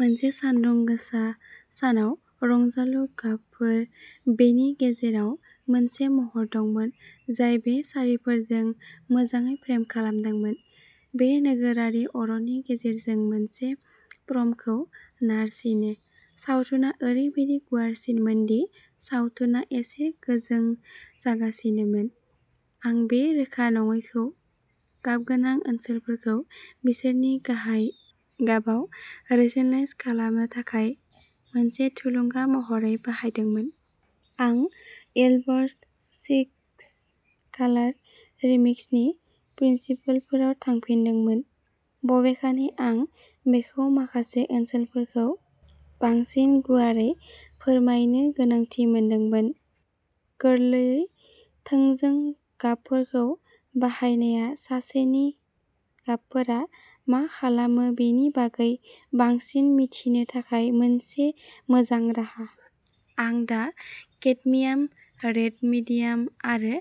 मोनसे सानदुं गोसा सानाव रंजालु गाबफोर। बेनि गेजेराव मोनसे महर दंमोन, जाय बे सारिफोरजों मोजाङै फ्रेम खालामजादोंमोन। बे नोगोरारि अर'नि गेजेरजों मोनसे प्रमखौ नारसिनो। सावथुना ओरैबायदि गुवारसिनमोन दि सावथुना एसे गोजों जागासिनोमोन। आं बे रोखा नङैखौ गाबगोनां ओनसोलफोरखौ बिसोरनि गाहाय गाबाव रैसेनलाइज खालामनो थाखाय मोनसे थुलुंगा महरै बाहायदोंमोन। आं येल्ल'बार्स्ट सिक्स कालार रिमिक्स नि प्रिन्सिपलफोराव थांफिनदोंमोन। बबेखानि आं बेखौ माखासे ओनसोलफोरखौ बांसिन गुवारै फोरमायनो गोनांथि मोनदोंमोन। गोरलै थोंजों गाबफोरखौ बाहायनाया सासेनि गाबफोरा मा खालामो बेनि बागै बांसिन मिथिनो थाखाय मोनसे मोजां राहा। आं दा केडमियाम रेड मिडियाम आरो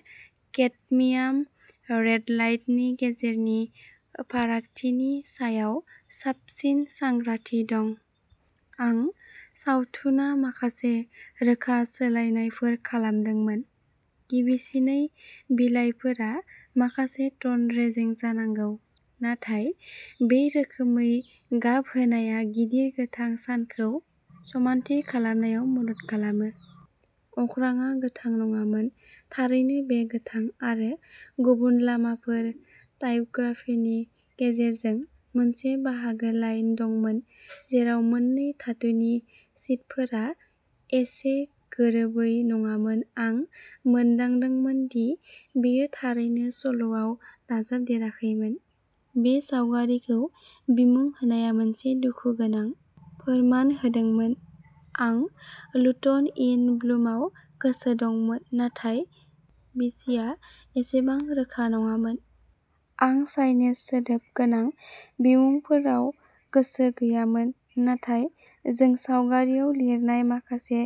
केडमियाम रेड लाइटनि गेजेरनि फारागथिनि सायाव साबसिन सांग्रांथि दं। आं सावथुना माखासे रोखा सोलायनायफोर खालामदोंमोन। गिबिसिनै बिलाइफोरा माखासे टन रेजें जानांगौ। नाथाय बे रोखोमै गाब होनायआ गिदिर गोथां सानखौ समानथि खालामनायाव मदद खालामो। अख्राङा गोथां नङामोन। थारैनो बे गोथां आरो गुबुन लामाफोर टाइप'ग्राफिनि गेजेरजों मोनसे बाहागो लाइन दंमोन जेराव मोननै धातुनि शीटफोरा एसे गोरोबै नङामोन आं मोनदांदोंमोन दि बेयो थारैनो सल'आव दाजाबदेराखैमोन। बे सावगारिखौ बिमुं होनाया मोनसे दुखुगोनां फोरमान होदोंमोन, आं लुटन इन ब्लुम आव गोसो दंमोन नाथाय बिसिया एसेबां रोखा नङामोन। आं साइनेज सोदोब गोनां बिमुंफोराव गोसो गैयामोन नाथाय जों सावगारिआव लिरनाय माखासे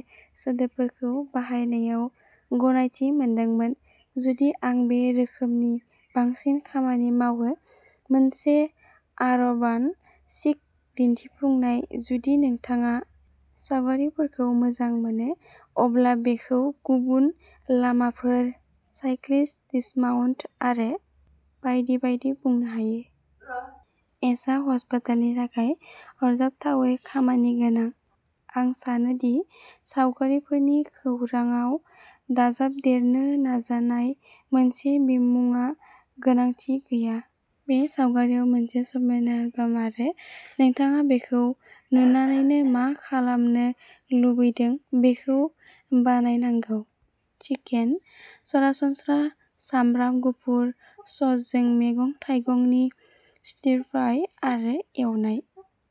सोदोबफोरखौ बाहायनायाव गनायथि मोनदोंमोन। जुदि आं बे रोखोमनि बांसिन खामानि मावो मोनसे आरबान चिक दिन्थिफुंनाय जुदि नोंथाङा सावगारिफोरखौ मोजां मोनो अब्ला बेखौ गुबुन लामाफोर, साइक्लिस्ट डिसमाउन्ट आरो बायदि बायदि बुंनो हायो। एच'आ हस्पिटलनि थाखाया आरजाथावै खामानिगोनां। आं सानो दि सावगारिफोरनि खौरांआव दाजाबदेरनो नाजानाय मोनसे बिमुंआ गोनांथि गैया। बे सावगारिआ मोनसे समायना ब्याम आरो नोंथाङा बेखौ नुनानैनो मा खालामनो लुबैदों बेखौ बानायनांगौ। चिकेन। सरासनस्रा सामब्राम गुफुर ससजों मैगं-थाइगंनि सिटी फ्राइ आरो एवनाय